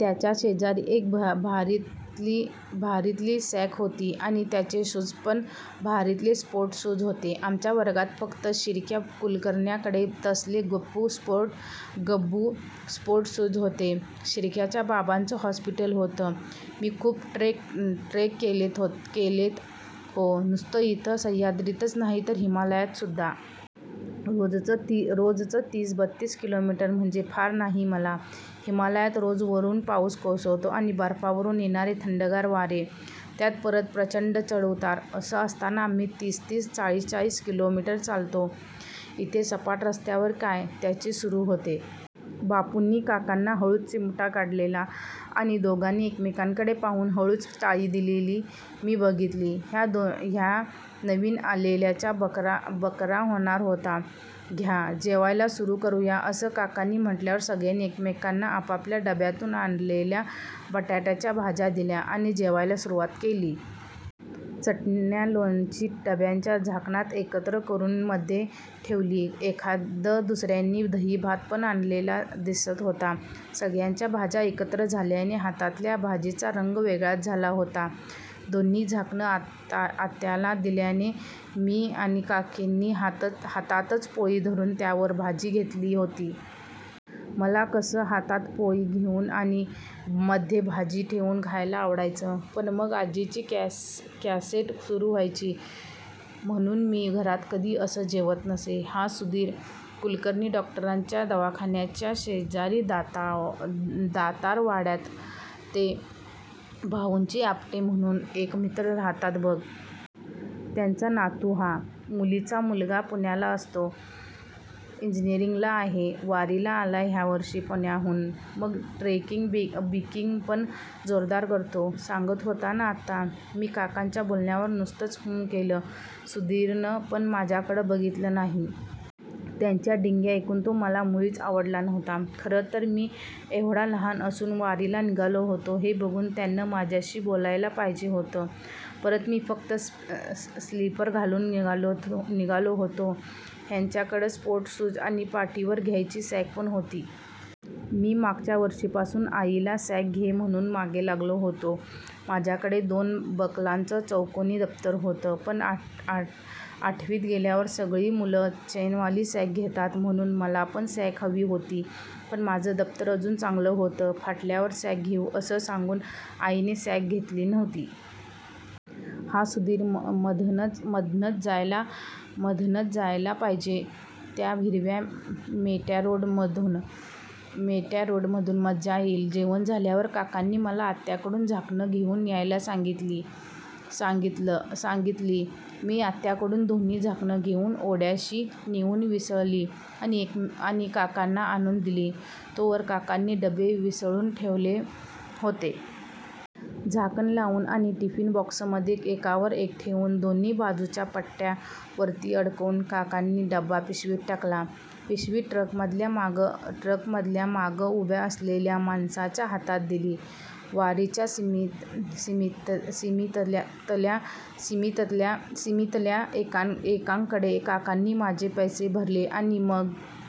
त्याच्याशेजारी एक भारीतली सॅक होती आणि त्याचे शूजपण भारीतले स्पोर्ट शूज होते. आमच्या वर्गात फक्त शिर्क्या कुलकर्ण्याकडे तसले गब्बू स्पोर्ट शूज होते. शिर्क्याच्या बाबांचं हॉस्पिटल होतं. मी खूप ट्रेक केलेत हो. नुसतं इथं सह्याद्रीतच नाही तर हिमालयात सुद्धा. रोजचं तीस-बत्तीस किलोमीटर म्हणजे फार नाही मला. हिमालयात रोज वरुन पाउस कोसळतो आणि बर्फावरुन येणारे थंडगार वारे. त्यात परत प्रचंड चढ-उतार. असं असताना आम्ही तीस-तीस चाळीस-चाळीस किलोमीटर चालतो. इथे सपाट रस्त्यावर काय. त्याचे सुरु होते. बापूंनी काकांना हळूच चिमटा काढलेला आणि दोघांनी एकमेकांकडे पाहून हळूच टाळी दिलेली मी बघितली. ह्या नवीन आलेल्याचा बकरा होणार होता. घ्या. जेवायला सुरु करुया असं काकांनी म्हटल्यावर सगळ्यांनी एकमेकांना आपापल्या डब्यातून आणलेल्या बटाट्याच्या भाज्या दिल्या आणि जेवायला सुरुवात केली. चटण्या-लोणची डब्यांच्या झाकणात एकत्र करुन मध्ये ठेवली. एखाद-दुसर्यांनी दही भात पण आणलेला दिसत होता. सगळ्यांच्या भाज्या एकत्र झाल्याने हातातल्या भाजीचा रंग वेगळाच झाला होता. दोन्ही झाकणं आत्याला दिल्याने मी आणि काकांनी हातातच पोळी धरुन त्यावर भाजी घेतली होती. मला असं हातात पोळी घेउन आणि मध्ये भाजी ठेवून खायला आवडायचं. पण मग आज्जीची कॅसेट सुरु व्हायची म्हणुन मी घरात कधी असं जेवत नसे. हा सुधीर. कुलकर्णी डॉक्टरांच्या दवाखान्याच्या शेजारी दातार वाड्यात ते भाउंचे आपटे म्हणुन एक मित्र राहतात बघ. त्यांचा नातू हा. मुलीचा मुलगा. पुण्याला असतो. इंजिनीअरींगला आहे. वारीला आलाय ह्यावर्षी पुण्याहून. पण ट्रेकिंग-बिकींग पण जोरदार करतो. सांगत होता ना आत्ता. मी काकांच्या बोलण्यावर नुसतंच हुं केलं. सुधीरनं पण माझ्याकडं बघितलं नाही. त्याच्या डिंग्या ऐकून तो मला मुळीच आवडला नव्हता. खरंतर मी एव्हडा लहान असून वारीला निघालो होतो हे बघून त्यानं माझ्याशी बोलायला पाहिजे होतं. परत मी फक्त स्लीपर घालून निघालो होतो. ह्याच्याकडं स्पोर्ट शूज आणि पाठीवर घ्यायची सॅक पण होती. मी मागच्या वर्षीपासून आईला सॅक घे म्हणुन मागे लागलो होतो. माझ्याकडे दोन बकलांचं चौकोनी दप्तर होतं. पण आठवीत गेल्यावर सगळी मुलं चेनवाली सॅक घेतात म्हणुन मला पण सॅक हवी होती. पण माझं दप्तर अजून चांगलं होतं, फाटल्यावर सॅक घेउ असं सांगून आईने सॅक घेतली नव्हती. हा सुधीर मधनंच जायला पाहिजे त्या हिरव्या मेटॅडोर मधून. मज्जा येईल. जेवण झाल्यावर काकांनी मला आत्याकडून झाकणं घेउन यायला सांगितली. मी आत्याकडून दोन्ही झाकणं घेउन ओढ्याशी नेउन विसळली आणि काकांना आणून दिली. तोवर काकांनी डबे विसळून ठेवले होते. झाकण लावून आणि टिफीन बॉक्समध्ये एकावर एक ठेवून, दोन्ही बाजूच्या पट्ट्या वरती अडकवून काकांनी डबा पिशवीत टाकला. पिशवी ट्रकमधल्या मागं उभ्या असलेल्या माणसाच्या हातात दिली. वारीच्या समितीतल्या एकांकडे काकांनी माझे पैसे भरले आणि मग